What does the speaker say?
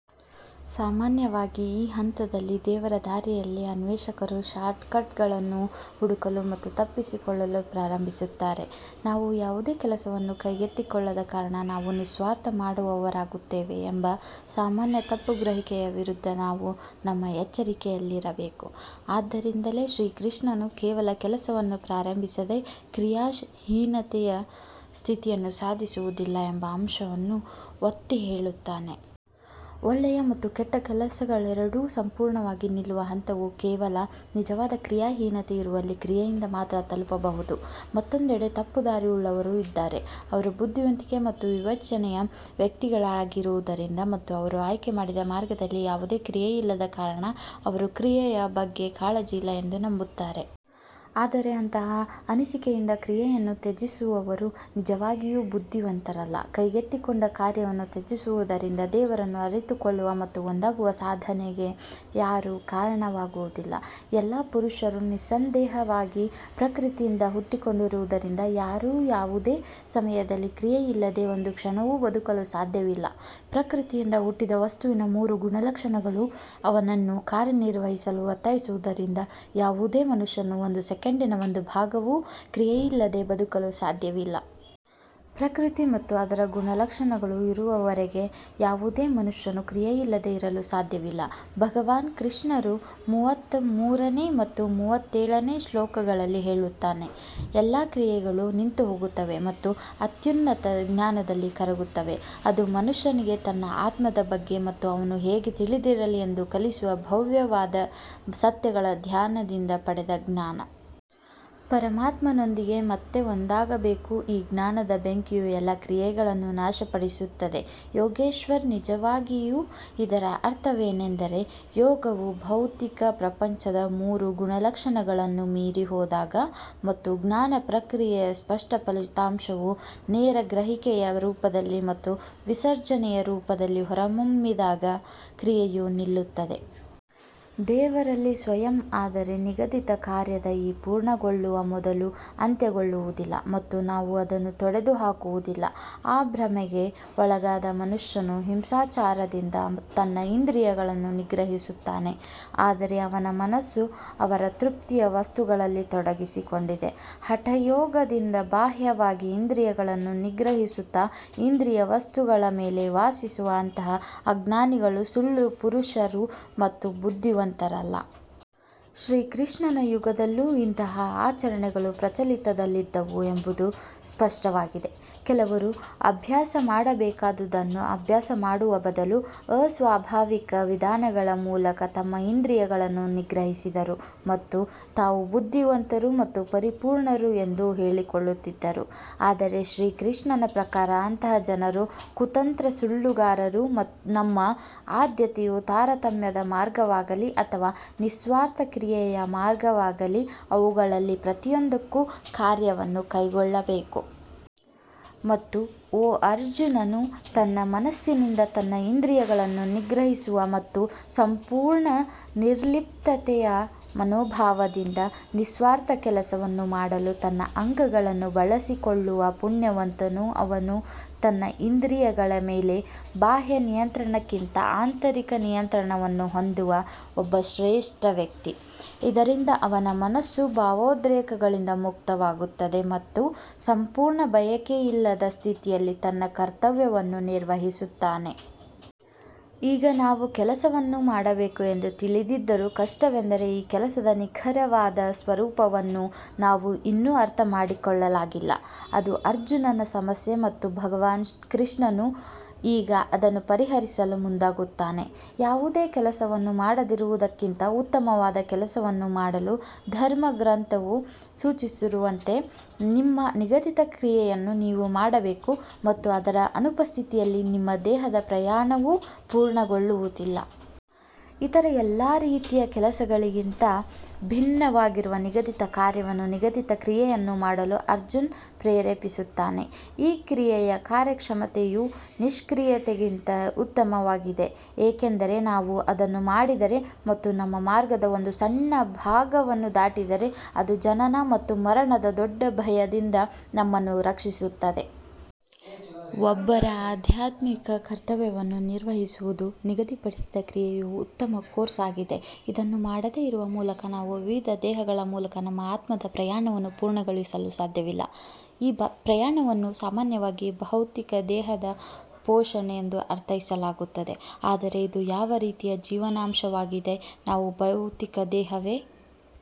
ಸಾಮಾನ್ಯವಾಗಿ ಈ ಹಂತದಲ್ಲಿ ದೇವರ ದಾರಿಯಲ್ಲಿ ಅನ್ವೇಷಕರು ಶಾರ್ಟ್ಕಟ್ಗಳನ್ನು ಹುಡುಕಲು ಮತ್ತು ತಪ್ಪಿಸಿಕೊಳ್ಳಲು ಪ್ರಾರಂಭಿಸುತ್ತಾರೆ ನಾವು ಯಾವುದೇ ಕೆಲಸವನ್ನು ಕೈಗೆತ್ತಿಕೊಳ್ಳದ ಕಾರಣ ನಾವು ನಿಸ್ವಾರ್ಥ ಮಾಡುವವರಾಗುತ್ತೇವೆ ಎಂಬ ಸಾಮಾನ್ಯ ತಪ್ಪುಗ್ರಹಿಕೆಯ ವಿರುದ್ಧ ನಾವು ನಮ್ಮ ಎಚ್ಚರಿಕೆಯಲ್ಲಿರಬೇಕು. ಆದ್ದರಿಂದಲೇ ಶ್ರೀಕೃಷ್ಣನು ಕೇವಲ ಕೆಲಸವನ್ನು ಪ್ರಾರಂಭಿಸದೆ ಕ್ರಿಯಾಹೀನತೆಯ ಸ್ಥಿತಿಯನ್ನು ಸಾಧಿಸುವುದಿಲ್ಲ ಎಂಬ ಅಂಶವನ್ನು ಒತ್ತಿಹೇಳುತ್ತಾನೆ. ಒಳ್ಳೆಯ ಮತ್ತು ಕೆಟ್ಟ ಕೆಲಸಗಳೆರಡೂ ಸಂಪೂರ್ಣವಾಗಿ ನಿಲ್ಲುವ ಹಂತವು ಕೇವಲ ನಿಜವಾದ ಕ್ರಿಯಾಹೀನತೆ ಇರುವಲ್ಲಿ ಕ್ರಿಯೆಯಿಂದ ಮಾತ್ರ ತಲುಪಬಹುದು. ಮತ್ತೊಂದೆಡೆ ತಪ್ಪುದಾರಿಯುಳ್ಳವರು ಇದ್ದಾರೆ, ಅವರು ಬುದ್ಧಿವಂತಿಕೆ ಮತ್ತು ವಿವೇಚನೆಯ ವ್ಯಕ್ತಿಗಳಾಗಿರುವುದರಿಂದ ಮತ್ತು ಅವರು ಆಯ್ಕೆ ಮಾಡಿದ ಮಾರ್ಗದಲ್ಲಿ ಯಾವುದೇ ಕ್ರಿಯೆಯಿಲ್ಲದ ಕಾರಣ ಅವರು ಕ್ರಿಯೆಯ ಬಗ್ಗೆ ಕಾಳಜಿಯಿಲ್ಲ ಎಂದು ನಂಬುತ್ತಾರೆ. ಆದರೆ ಅಂತಹ ಅನಿಸಿಕೆಯಿಂದ ಕ್ರಿಯೆಯನ್ನು ತ್ಯಜಿಸುವವರು ನಿಜವಾಗಿಯೂ ಬುದ್ಧಿವಂತರಲ್ಲ ಕೈಗೆತ್ತಿಕೊಂಡ ಕಾರ್ಯವನ್ನು ತ್ಯಜಿಸುವುದರಿಂದ ದೇವರನ್ನು ಅರಿತುಕೊಳ್ಳುವ ಮತ್ತು ಒಂದಾಗುವ ಸಾಧನೆಗೆ ಯಾರೂ ಕಾರಣವಾಗುವುದಿಲ್ಲ. ಎಲ್ಲಾ ಪುರುಷರು ನಿಸ್ಸಂದೇಹವಾಗಿ ಪ್ರಕೃತಿಯಿಂದ ಹುಟ್ಟಿಕೊಂಡಿರುವುದರಿಂದ ಯಾರೂ ಯಾವುದೇ ಸಮಯದಲ್ಲಿ ಕ್ರಿಯೆಯಿಲ್ಲದೆ ಒಂದು ಕ್ಷಣವೂ ಬದುಕಲು ಸಾಧ್ಯವಿಲ್ಲ ಪ್ರಕೃತಿಯಿಂದ ಹುಟ್ಟಿದ ವಸ್ತುವಿನ ಮೂರು ಗುಣಲಕ್ಷಣಗಳು ಅವನನ್ನು ಕಾರ್ಯನಿರ್ವಹಿಸಲು ಒತ್ತಾಯಿಸುವುದರಿಂದ ಯಾವುದೇ ಮನುಷ್ಯನು ಒಂದು ಸೆಕೆಂಡಿನ ಒಂದು ಭಾಗವೂ ಕ್ರಿಯೆಯಿಲ್ಲದೆ ಬದುಕಲು ಸಾಧ್ಯವಿಲ್ಲ. ಪ್ರಕೃತಿ ಮತ್ತು ಅದರ ಗುಣಲಕ್ಷಣಗಳು ಇರುವವರೆಗೆ ಯಾವುದೇ ಮನುಷ್ಯನು ಕ್ರಿಯೆಯಿಲ್ಲದೆ ಇರಲು ಸಾಧ್ಯವಿಲ್ಲ ಭಗವಾನ್ ಕೃಷ್ಣನು ರ ಮೂವತ್ತಮೂರನೇ ಮತ್ತು ಮೂವತ್ತೇಳನೇ ಶ್ಲೋಕಗಳಲ್ಲಿ ಹೇಳುತ್ತಾನೆ, ಎಲ್ಲಾ ಕ್ರಿಯೆಗಳು ನಿಂತುಹೋಗುತ್ತವೆ ಮತ್ತು ಅತ್ಯುನ್ನತ ಜ್ಞಾನದಲ್ಲಿ ಕರಗುತ್ತವೆ, ಅದು ಮನುಷ್ಯನಿಗೆ ತನ್ನ ಆತ್ಮದ ಬಗ್ಗೆ ಮತ್ತು ಅವನು ಹೇಗೆ ತಿಳಿದಿರಲಿ ಎಂದು ಕಲಿಸುವ ಭವ್ಯವಾದ ಸತ್ಯಗಳ ಧ್ಯಾನದಿಂದ ಪಡೆದ ಜ್ಞಾನ. ಪರಮಾತ್ಮನೊಂದಿಗೆ ಮತ್ತೆ ಒಂದಾಗಬೇಕು ಈ ಜ್ಞಾನದ ಬೆಂಕಿಯು ಎಲ್ಲಾ ಕ್ರಿಯೆಗಳನ್ನು ನಾಶಪಡಿಸುತ್ತದೆ ಯೋಗೇಶ್ವರ್ ನಿಜವಾಗಿಯೂ ಇದರ ಅರ್ಥವೇನೆಂದರೆ, ಯೋಗವು ಭೌತಿಕ ಪ್ರಪಂಚದ ಮೂರು ಗುಣಲಕ್ಷಣಗಳನ್ನು ಮೀರಿ ಹೋದಾಗ ಮತ್ತು ಧ್ಯಾನ ಪ್ರಕ್ರಿಯೆಯ ಸ್ಪಷ್ಟ ಫಲಿತಾಂಶವು ನೇರ ಗ್ರಹಿಕೆಯ ರೂಪದಲ್ಲಿ ಮತ್ತು ವಿಸರ್ಜನೆಯ ರೂಪದಲ್ಲಿ ಹೊರಹೊಮ್ಮಿದಾಗ ಕ್ರಿಯೆಯು ನಿಲ್ಲುತ್ತದೆ. ದೇವರಲ್ಲಿ ಸ್ವಯಂ ಆದರೆ ನಿಗದಿತ ಕಾರ್ಯದ ಈ ಪೂರ್ಣಗೊಳ್ಳುವ ಮೊದಲು ಅಂತ್ಯಗೊಳ್ಳುವುದಿಲ್ಲ ಮತ್ತು ನಾವು ಅದನ್ನು ತೊಡೆದುಹಾಕುವುದಿಲ್ಲ ಆ ಭ್ರಮೆಗೆ ಒಳಗಾದ ಮನುಷ್ಯನು ಹಿಂಸಾಚಾರದಿಂದ ತನ್ನ ಇಂದ್ರಿಯಗಳನ್ನು ನಿಗ್ರಹಿಸುತ್ತಾನೆ ಆದರೆ ಅವನ ಮನಸ್ಸು ಅವರ ತೃಪ್ತಿಯ ವಸ್ತುಗಳಲ್ಲಿ ತೊಡಗಿಸಿಕೊಂಡಿದೆ. ಹಠಯೋಗದಿಂದ ಬಾಹ್ಯವಾಗಿ ಇಂದ್ರಿಯಗಳನ್ನು ನಿಗ್ರಹಿಸುತ್ತಾ ಇಂದ್ರಿಯ ವಸ್ತುಗಳ ಮೇಲೆ ವಾಸಿಸುವ ಅಂತಹ ಅಜ್ಞಾನಿಗಳು ಸುಳ್ಳು ಪುರುಷರು ಮತ್ತು ಬುದ್ಧಿವಂತರಲ್ಲ. ಶ್ರೀಕೃಷ್ಣನ ಯುಗದಲ್ಲೂ ಇಂತಹ ಆಚರಣೆಗಳು ಪ್ರಚಲಿತದಲ್ಲಿದ್ದವು ಎಂಬುದು ಸ್ಪಷ್ಟವಾಗಿದೆ ಕೆಲವರು ಅಭ್ಯಾಸ ಮಾಡಬೇಕಾದುದನ್ನು ಅಭ್ಯಾಸ ಮಾಡುವ ಬದಲು ಅಸ್ವಾಭಾವಿಕ ವಿಧಾನಗಳ ಮೂಲಕ ತಮ್ಮ ಇಂದ್ರಿಯಗಳನ್ನು ನಿಗ್ರಹಿಸಿದರು ಮತ್ತು ತಾವು ಬುದ್ಧಿವಂತರು ಮತ್ತು ಪರಿಪೂರ್ಣರು ಎಂದು ಹೇಳಿಕೊಳ್ಳುತ್ತಿದ್ದರು. ಆದರೆ ಶ್ರೀಕೃಷ್ಣನ ಪ್ರಕಾರ ಅಂತಹ ಜನರು ಕುತಂತ್ರ ಸುಳ್ಳುಗಾರರು ನಮ್ಮ ಆದ್ಯತೆಯು ತಾರತಮ್ಯದ ಮಾರ್ಗವಾಗಲಿ ಅಥವಾ ನಿಸ್ವಾರ್ಥ ಕ್ರಿಯೆಯ ಮಾರ್ಗವಾಗಲಿ ಅವುಗಳಲ್ಲಿ ಪ್ರತಿಯೊಂದಕ್ಕೂ ಕಾರ್ಯವನ್ನು ಕೈಗೊಳ್ಳಬೇಕು. ಮತ್ತು ಓ ಅರ್ಜುನನು ತನ್ನ ಮನಸ್ಸಿನಿಂದ ತನ್ನ ಇಂದ್ರಿಯಗಳನ್ನು ನಿಗ್ರಹಿಸುವ ಮತ್ತು ಸಂಪೂರ್ಣ ನಿರ್ಲಿಪ್ತತೆಯ ಮನೋಭಾವದಿಂದ ನಿಸ್ವಾರ್ಥ ಕೆಲಸವನ್ನು ಮಾಡಲು ತನ್ನ ಅಂಗಗಳನ್ನು ಬಳಸಿಕೊಳ್ಳುವ ಪುಣ್ಯವಂತನು ಅವನು ತನ್ನ ಇಂದ್ರಿಯಗಳ ಮೇಲೆ ಬಾಹ್ಯ ನಿಯಂತ್ರಣಕ್ಕಿಂತ ಆಂತರಿಕ ನಿಯಂತ್ರಣವನ್ನು ಹೊಂದುವ ಒಬ್ಬ ಶ್ರೇಷ್ಠ ವ್ಯಕ್ತಿ, ಇದರಿಂದ ಅವನ ಮನಸ್ಸು ಭಾವೋದ್ರೇಕಗಳಿಂದ ಮುಕ್ತವಾಗುತ್ತದೆ ಮತ್ತು ಸಂಪೂರ್ಣ ಬಯಕೆಯಿಲ್ಲದ ಸ್ಥಿತಿಯಲ್ಲಿ ತನ್ನ ಕರ್ತವ್ಯವನ್ನು ನಿರ್ವಹಿಸುತ್ತಾನೆ. ಈಗ ನಾವು ಕೆಲಸವನ್ನು ಮಾಡಬೇಕು ಎಂದು ತಿಳಿದಿದ್ದರೂ ಕಷ್ಟವೆಂದರೆ ಈ ಕೆಲಸದ ನಿಖರವಾದ ಸ್ವರೂಪವನ್ನು ನಾವು ಇನ್ನೂ ಅರ್ಥಮಾಡಿಕೊಳ್ಳಲಾಗಿಲ್ಲ. ಅದು ಅರ್ಜುನನ ಸಮಸ್ಯೆ ಮತ್ತು ಭಗವಾನ್ ಕೃಷ್ಣನು ಈಗ ಅದನ್ನು ಪರಿಹರಿಸಲು ಮುಂದಾಗುತ್ತಾನೆ ಯಾವುದೇ ಕೆಲಸವನ್ನು ಮಾಡದಿರುವದಕ್ಕಿಂತ ಉತ್ತಮವಾದ ಕೆಲಸವನ್ನು ಮಾಡಲು ಧರ್ಮಗ್ರಂಥವು ಸೂಚಿಸಿರುವಂತೆ ನಿಮ್ಮ ನಿಗದಿತ ಕ್ರಿಯೆಯನ್ನು ನೀವು ಮಾಡಬೇಕು ಮತ್ತು ಅದರ ಅನುಪಸ್ಥಿತಿಯಲ್ಲಿ ನಿಮ್ಮ ದೇಹದ ಪ್ರಯಾಣವೂ ಪೂರ್ಣಗೊಳ್ಳುವುದಿಲ್ಲ. ಇತರ ಎಲ್ಲಾ ರೀತಿಯ ಕೆಲಸಗಳಿಗಿಂತ ಭಿನ್ನವಾಗಿರುವ ನಿಗದಿತ ಕಾರ್ಯವನ್ನು ನಿಗದಿತ ಕ್ರಿಯೆಯನ್ನು ಮಾಡಲು ಅರ್ಜುನ್ ಪ್ರೇರೇಪಿಸುತ್ತಾನೆ. ಈ ಕ್ರಿಯೆಯ ಕಾರ್ಯಕ್ಷಮತೆಯು ನಿಷ್ಕ್ರಿಯತೆಗಿಂತ ಉತ್ತಮವಾಗಿದೆ ಏಕೆಂದರೆ ನಾವು ಅದನ್ನು ಮಾಡಿದರೆ ಮತ್ತು ನಮ್ಮ ಮಾರ್ಗದ ಒಂದು ಸಣ್ಣ ಭಾಗವನ್ನು ದಾಟಿದರೆ ಅದು ಜನನ ಮತ್ತು ಮರಣದ ದೊಡ್ಡ ಭಯದಿಂದ ನಮ್ಮನ್ನು ರಕ್ಷಿಸುತ್ತದೆ. ಒಬ್ಬರ ಆಧ್ಯಾತ್ಮಿಕ ಕರ್ತವ್ಯವನ್ನು ನಿರ್ವಹಿಸುವುದು, ನಿಗದಿಪಡಿಸಿದ ಕ್ರಿಯೆಯು ಉತ್ತಮ ಕೋರ್ಸ್ ಆಗಿದೆ ಇದನ್ನು ಮಾಡದೆ ಇರುವ ಮೂಲಕ ನಾವು ವಿವಿಧ ದೇಹಗಳ ಮೂಲಕ ನಮ್ಮ ಆತ್ಮದ ಪ್ರಯಾಣವನ್ನು ಪೂರ್ಣಗೊಳಿಸಲು ಸಾಧ್ಯವಿಲ್ಲ ಈ ಪ್ರಯಾಣವನ್ನು ಸಾಮಾನ್ಯವಾಗಿ ಭೌತಿಕ ದೇಹದ ಪೋಷಣೆ ಎಂದು ಅರ್ಥೈಸಲಾಗುತ್ತದೆ ಆದರೆ ಇದು ಯಾವ ರೀತಿಯ ಜೀವನಾಂಶವಾಗಿದೆ ನಾವು ಭೌತಿಕ ದೇಹವೇ.